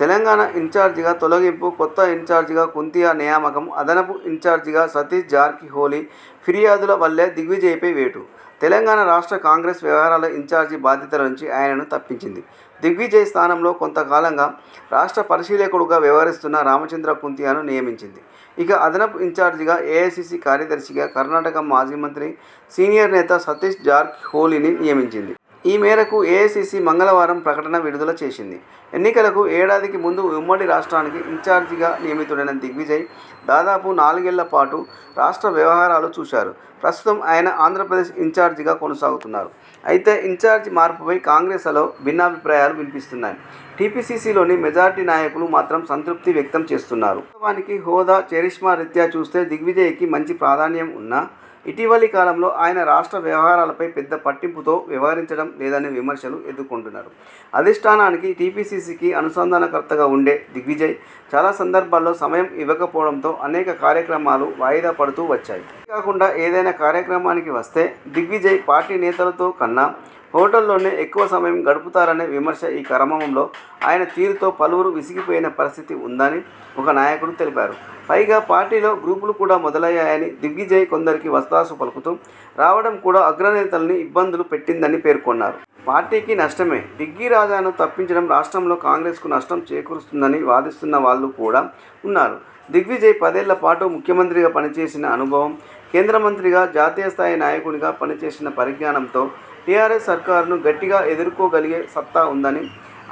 తెలంగాణ ఇన్చార్జిగా తొలగింపుకొత్త ఇన్చార్జిగా కుంతియా నియామకంఅదనపు ఇన్చార్జిగా సతీష్ జార్కిహొళిఫిర్యాదుల వల్లే దిగ్విజయ్పై వేటు! తెలంగాణ రాష్ట్ర కాంగ్రెస్ వ్యవహారాల ఇన్చార్జి బాధ్యతల నుంచి ఆయనను తప్పించింది. దిగ్విజయ్ స్థానంలో.. కొంతకాలంగా రాష్ట్ర పరిశీలకుడిగా వ్యవహరిస్తున్న రామచంద్ర కుంతియాను నియమించింది. ఇక అదనపు ఇన్చార్జిగా, ఏఐసీసీ కార్యదర్శిగా కర్ణాటక మాజీ మంత్రి, సీనియర్ నేత సతీశ్ జార్కిహొళిని నియమించింది. ఈ మేరకు ఏఐసీసీ మంగళవారం ప్రకటన విడుదల చేసింది. ఎన్నికలకు ఏడాదికి ముందు ఉమ్మడి రాష్ట్రానికి ఇన్చార్జిగా నియమితుడైన దిగ్విజయ్ దాదాపు నాలుగేళ్లపాటు రాష్ట్ర వ్యవహారాలు చూశారు. ప్రస్తుతం ఆయన ఆంధ్రప్రదేశ్ ఇన్చార్జిగా కొనసాగుతున్నారు. అయితే ఇన్చార్జి మార్పుపై కాంగ్రె్సలో భిన్నాభిప్రాయాలు వినిపిస్తున్నాయి. టీపీసీసీలోని మెజారిటీ నాయకులు మాత్రం సంతృప్తి వ్యక్తం చేస్తున్నారు. వాస్తవానికి హోదా, ఛరిష్మా రీత్యా చూస్తే దిగ్విజయ్కి మంచి ప్రాధాన్యం ఉన్నా.. ఇటీవలి కాలంలో ఆయన రాష్ట్ర వ్యవహారాలపై పెద్ద పట్టింపుతో వ్యవహరించడం లేదనే విమర్శలు ఎదుర్కొంటున్నారు. అధిష్ఠానానికి టీపీసీసీకి అనుసంధానకర్తగా ఉండే దిగ్విజయ్ చాలా సందర్భాల్లో సమయం ఇవ్వకపోవడంతో అనేక కార్యక్రమాలు వాయిదా పడుతూ వచ్చాయి. అంతేకాకుండా ఏదైనా కార్యక్రమానికి వస్తే దిగ్విజయ్ పార్టీ నేతలతో కన్నా హోటల్లోనే ఎక్కువ సమయం గడుపుతారనే విమర్శ ఈ క్రమంలో ఆయన తీరుతో పలువురు విసిగిపోయిన పరిస్థితి ఉందని ఒక నాయకుడు తెలిపారు. పైగా పార్టీలో గ్రూపులు కూడా మొదలయ్యాయని, దిగ్విజయ్ కొందరికి వత్తాసు పలుకుతూ రావడం కూడా అగ్రనేతల్ని ఇబ్బందులు పెట్టిందని పేర్కొన్నారు. పార్టీకి నష్టమే.. డిగ్గీరాజాను తప్పించడం రాష్ట్రంలో కాంగ్రెస్ కు నష్టం చేకూరుస్తుందని వాదిస్తున్న వాళ్లు కూడా ఉన్నారు. దిగ్విజయ్ పదేళ్లపాటు ముఖ్యమంత్రిగా పనిచేసిన అనుభవం, కేంద్రమంత్రిగా, జాతీయ స్థాయి నాయకునిగా పనిచేసిన పరిజ్ఞానంతో టీఆర్ఎస్ సర్కారును గట్టిగా ఎదుర్కోగలిగే సత్తా ఉందని,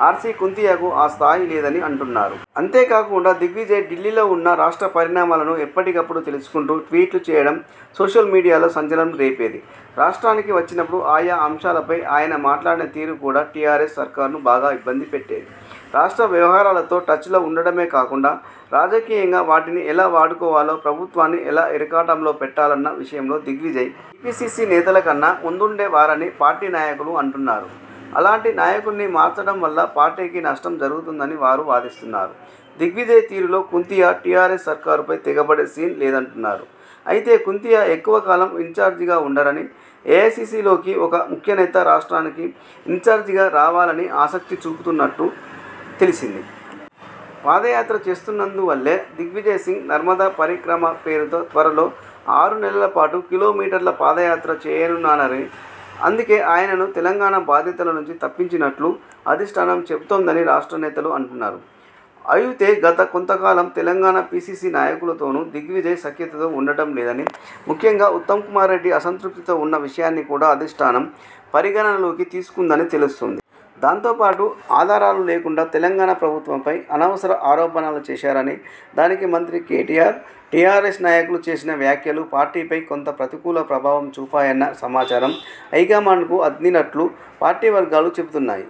ఆర్సీ కుంతియాకు ఆ స్థాయి లేదని అంటున్నారు. అంతేకాకుండా దిగ్విజయ్ ఢిల్లీలో ఉన్నా రాష్ట్ర పరిణామాలను ఎప్పటికప్పుడు తెలుసుకుంటూ ట్వీట్లు చేయడం సోషల్ మీడియాలో సంచలనం రేపేది. రాష్ట్రానికి వచ్చినప్పుడు ఆయా అంశాలపై ఆయన మాట్లాడిన తీరు కూడా టీఆర్ఎస్ సర్కారును బాగా ఇబ్బంది పెట్టేది. రాష్ట్ర వ్యవహారాలతో టచ్లో ఉండడమే కాకుండా రాజకీయంగా వాటిని ఎలా వాడుకోవాలో, ప్రభుత్వాన్ని ఎలా ఇరకాటంలో పెట్టాలన్న విషయంలో దిగ్విజయ్.. టీపీసీసీ నేతలకన్నా ముందుండే వారని పార్టీ నాయకులు అంటున్నారు. అలాంటి నాయకున్ని మార్చడం వల్ల పార్టీకి నష్టం జరుగుతుందని వారు వాదిస్తున్నారు. దిగ్విజయ్ తీరులో కుంతియా టీఆర్ఎస్ సర్కారుపై తెగబడే సీన్ లేదంటున్నారు. అయితే కుంతియా ఎక్కువ కాలం ఇన్చార్జిగా ఉండరని, ఏఐసీసీలోకి ఒక ముఖ్యనేత రాష్ట్రానికి ఇన్చార్జిగా రావాలని ఆసక్తి చూపుతున్నట్లు తెలిసింది. పాదయాత్ర చేస్తున్నందువల్లే.. దిగ్విజయ్సింగ్ నర్మదా పరిక్రమ పేరుతో త్వరలో ఆరు నెలలపాటు కిలోమీటర్ల పాదయాత్ర చేయనున్నారని, అందుకే ఆయనను తెలంగాణ బాధ్యతల నుంచి తప్పించినట్లు అధిష్ఠానం చెబుతోందని రాష్ట్ర నేతలు అంటున్నారు. అయుతే గత కొంత కాలం తెలంగాణ పీసీసీ నాయకులతోనూ దిగ్విజయ్ సఖ్యతతో ఉండటంలేదని, ముఖ్యంగా ఉత్తమ్కుమార్రెడ్డి అసంతృప్తితో ఉన్న విషయాన్ని కూడా అధిష్ఠానం పరిగణనలోకి తీసుకుందని తెలుస్తోంది. దాంతోపాటు ఆధారాలు లేకుండా తెలంగాణ ప్రభుత్వంపై అనవసర ఆరోపణలు చేశారని, దానికి మంత్రి కేటీఆర్, టీఆర్ఎస్ నాయకులు చేసిన వ్యాఖ్యలు పార్టీపై కొంత ప్రతికూల ప్రభావం చూపాయన్న సమాచారం హైకమాండ్కు అందినట్లు పార్టీ వర్గాలు చెబుతున్నాయి.